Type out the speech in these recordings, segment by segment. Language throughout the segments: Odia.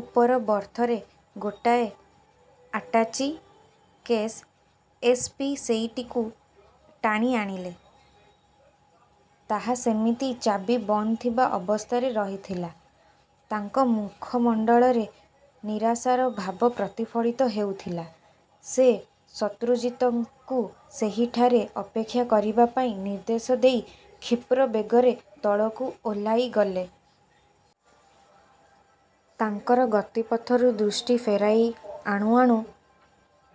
ଉପର ବର୍ଥରେ ଗୋଟାଏ ଆଟାଚି କେସ୍। ଏସ୍. ପି. ସେଇଟିକୁ ଟାଣି ଆଣିଲେ। ତାହା ସେମିତି ଚାବି ବନ୍ଦ ଥିବା ଅବସ୍ଥାରେ ରହିଥିଲା। ତାଙ୍କ ମୁଖମଣ୍ଡଳରେ ନିରାଶାର ଭାବ ପ୍ରତିଫଳିତ ହେଉଥିଲା। ସେ ଶତ୍ରୁଜିତଙ୍କୁ ସେହିଠାରେ ଅପେକ୍ଷା କରିବା ପାଇଁ ନିର୍ଦ୍ଦେଶ ଦେଇ କ୍ଷୀପ୍ର ବେଗରେ ତଳକୁ ଓହ୍ଲାଇଗଲେ। ତାଙ୍କର ଗତିପଥରୁ ଦୃଷ୍ଟି ଫେରାଇ ଆଣୁ ଆଣୁ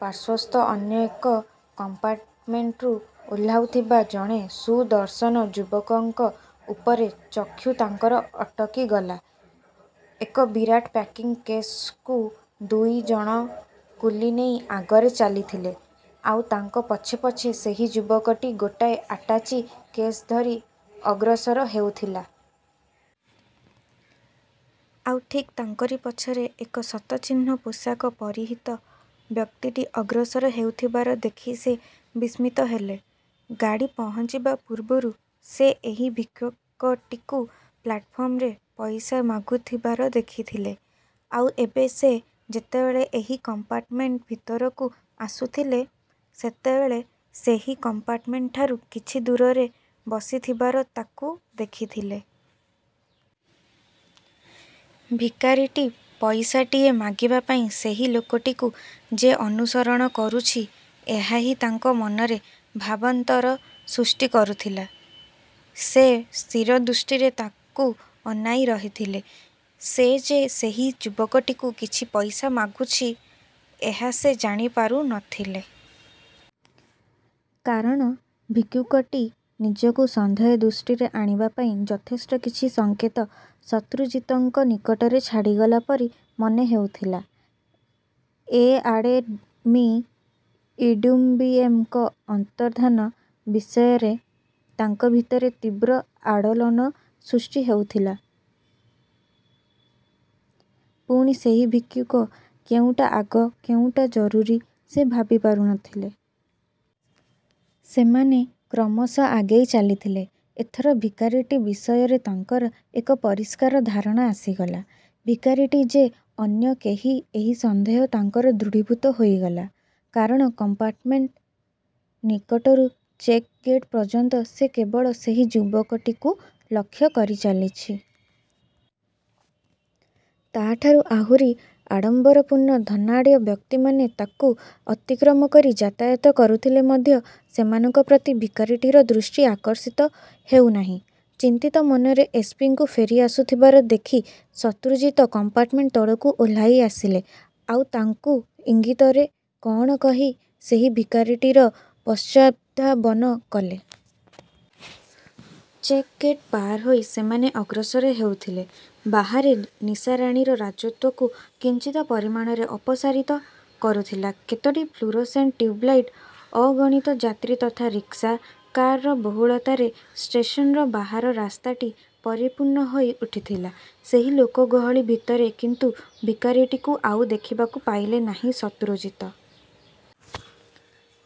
ପାର୍ଶ୍ୱସ୍ଥ ଅନ୍ୟ ଏକ କମ୍ପାର୍ଟମେଣ୍ଟରୁ ଓହ୍ଲାଉଥିବା ଜଣେ ସୁଦର୍ଶନ ଯୁବକଙ୍କ ଉପରେ ଚକ୍ଷୁ ତାଙ୍କର ଅଟକିଗଲା। ଏକ ବିରାଟ ପ୍ୟାକିଂ କେସକୁ ଦୁଇ ଜଣ କୁଲି ନେଇ ଆଗରେ ଚାଲିଥିଲେ। ଆଉ ତାଙ୍କ ପଛେ ପଛେ ସେହି ଯୁବକଟି ଗୋଟାଏ ଆଟାଚି କେସ୍ ଧରି ଅଗ୍ରସର ହେଉଥିଲା। ଆଉ ଠିକ୍ ତାଙ୍କରି ପଛରେ ଏକ ଶତଛିନ୍ନ ପୋଷାକ ପରିହିତ ବ୍ୟକ୍ତିଟି ଅଗ୍ରସର ହେଉଥିବାର ଦେଖି ସେ ବିସ୍ମିତ ହେଲେ। ଗାଡ଼ି ପହଞ୍ଚିବା ପୂର୍ବରୁ ସେ ଏହି ଭିକ୍ଷୁକଟିକୁ ପ୍ଲାଟଫର୍ମରେ ପଇସା ମାଗୁଥିବାର ଦେଖିଥିଲେ। ଆଉ ଏବେ ସେ ଯେତେବେଳେ ଏହି କମ୍ପାର୍ଟମେଣ୍ଟ ଭିତରକୁ ଆସୁଥିଲେ, ସେତେବେଳେ ସେହି କମ୍ପାର୍ଟମେଣ୍ଟଠାରୁ କିଛି ଦୂରରେ ବସିଥିବାର ତାକୁ ଦେଖିଥିଲେ। ଭିକାରୀଟି ପଇସାଟିଏ ମାଗିବା ପାଇଁ ସେହି ଲୋକଟିକୁ ଯେ ଅନୁସରଣ କରୁଛି, ଏହା ହିଁ ତାଙ୍କ ମନରେ ଭାବାନ୍ତର ସୃଷ୍ଟି କରୁଥିଲା। ସେ ସ୍ଥିରଦୃଷ୍ଟିରେ ତାକୁ ଅନାଇ ରହିଥିଲେ। ସେ ଯେ ସେହି ଯୁବକଟିକୁ କିଛି ପଇସା ମାଗୁଛି, ଏହା ସେ ଜାଣିପାରୁ ନ ଥିଲେ। କାରଣ, ଭିକ୍ଷୁକଟି ନିଜକୁ ସନ୍ଦେହ ଦୃଷ୍ଟିରେ ଆଣିବା ପାଇଁ ଯଥେଷ୍ଟ କିଛି ସଂକେତ ଶତ୍ରୁଜିତଙ୍କ ନିକଟରେ ଛାଡ଼ିଗଲା ପରି ମନେ ହେଉଥିଲା। ଏ ଆଡ଼େ ମି. ଇଡମ୍ବିଏମଙ୍କ ଅନ୍ତର୍ଦ୍ଧାନ ବିଷୟରେ ତାଙ୍କ ଭିତରେ ତୀବ୍ର ଆଲୋଡ଼ନ ସୃଷ୍ଟି ହେଉଥିଲା। ପୁଣି ସେହି ଭିକ୍ଷୁକ। କେଉଁଟା ଆଗ, ଆଉ କେଉଁଟା ଜରୁରୀ ସେ ଭାବିପାରୁ ନ ଥିଲେ। ସେମାନେ କ୍ରମଶଃ ଆଗେଇ ଚାଲିଥିଲେ। ଏଥର ଭିକାରୀଟି ବିଷୟରେ ତାଙ୍କର ଏକ ପରିଷ୍କାର ଧାରଣା ଆସିଗଲା। ଭିକାରୀଟି ଯେ ଅନ୍ୟ କେହି, ଏହି ସନ୍ଦେହ ତାଙ୍କର ଦୃଢ଼ୀଭୂତ ହୋଇଗଲା। କାରଣ କମ୍ପାର୍ଟମେଣ୍ଟ ନିକଟରୁ ଚେକ୍ ଗେଟ୍ ପର୍ଯ୍ୟନ୍ତ ସେ କେବଳ ସେହି ଯୁବକଟିକୁ ଲକ୍ଷ୍ୟ କରି ଚାଲିଛି। ତା'ଠାରୁ ଆହୁରି ଆଡ଼ମ୍ବରପୂର୍ଣ୍ଣ, ଧନାଢ଼୍ୟ ବ୍ୟକ୍ତିମାନେ ତାକୁ ଅତିକ୍ରମ କରି ଯାତାୟାତ କରୁଥିଲେ ମଧ୍ୟ ସେମାନଙ୍କ ପ୍ରତି ଭିକାରୀଟିର ଦୃଷ୍ଟି ଆକର୍ଷିତ ହେଉ ନାହିଁ। ଚିନ୍ତିତ ମନରେ ଏସ୍. ପି. ଙ୍କୁ ଫେରି ଆସୁଥିବାର ଦେଖି, ଶତ୍ରୁଜିତ କମ୍ପାର୍ଟମେଣ୍ଟ ତଳକୁ ଓହ୍ଲାଇ ଆସିଲେ। ଆଉ ତାଙ୍କୁ ଇଙ୍ଗିତରେ କ'ଣ କହି ସେହି ଭିକାରୀଟିର ପଶ୍ଚାଦ୍ଧାବନ କଲେ। ଚେକ୍ ଗେଟ୍ ପାର ହୋଇ ସେମାନେ ଅଗ୍ରସର ହେଉଥିଲେ। ବାହାରେ ନିଶାରାଣୀର ରାଜତ୍ୱକୁ କିଞ୍ଚିତ୍ ପରିମାଣରେ ଅପସାରିତ କରୁଥିଲା କେତୋଟି ଫ୍ଲୁରୋସେଣ୍ଟ ଟିଉବଲାଇଟ। ଅଗଣିତ ଯାତ୍ରୀ ତଥା ରିକ୍ସା, କାରର ବହୁଳତାରେ ଷ୍ଟେସନର ବାହାର ରାସ୍ତାଟି ପରିପୂର୍ଣ୍ଣ ହୋଇ ଉଠିଥିଲା। ସେହି ଲୋକଗହଳି ଭିତରେ କିନ୍ତୁ ଭିକାରୀଟିକୁ ଆଉ ଦେଖିବାକୁ ପାଇଲେ ନାହିଁ ଶତ୍ରୁଜିତ।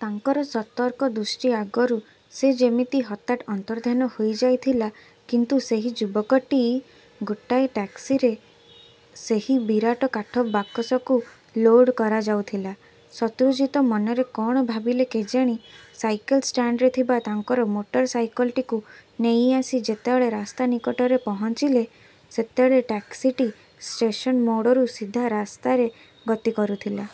ତାଙ୍କର ସତର୍କ ଦୃଷ୍ଟି ଆଗରୁ ସେ ଯେମିତି ହଠାତ୍ ଅନ୍ତର୍ଦ୍ଧାନ ହୋଇ ଯାଇଥିଲା, କିନ୍ତୁ ସେହି ଯୁବକଟି... ଗୋଟାଏ ଟ୍ୟାକ୍ସିରେ ସେହି ବିରାଟ କାଠ ବାକସକୁ ଲୋଡ୍ କରାଯାଉଥିଲା। ଶତ୍ରୁଜିତ ମନରେ କ'ଣ ଭାବିଲେ କେଜାଣି, ସାଇକେଲ ଷ୍ଟାଣ୍ଡରେ ଥିବା ତାଙ୍କର ମୋଟରସାଇକେଲଟିକୁ ନେଇ ଆସି ଯେତେବେଳେ ରାସ୍ତା ନିକଟରେ ପହଞ୍ଚିଲେ, ସେତେବେଳେ ଟ୍ୟାକ୍ସିଟି ଷ୍ଟେସନ ମୋଡ଼ରୁ ସିଧା ରାସ୍ତାରେ ଗତି କରୁଥିଲା।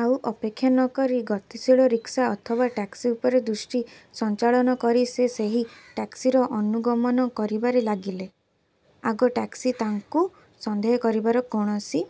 ଆଉ ଅପେକ୍ଷା ନ କରି ଗତିଶୀଳ ରିକ୍ସା ଅଥବା ଟ୍ୟାକ୍ସି ଉପରେ ଦୃଷ୍ଟି ସଞ୍ଚାଳନ କରି ସେ ସେହି ଟ୍ୟାକ୍ସିର ଅନୁଗମନ କରିବାରେ ଲାଗିଲେ। ଆଗ ଟ୍ୟାକ୍ସି ତାଙ୍କୁ ସନ୍ଦେହ କରିବାର କୌଣସି...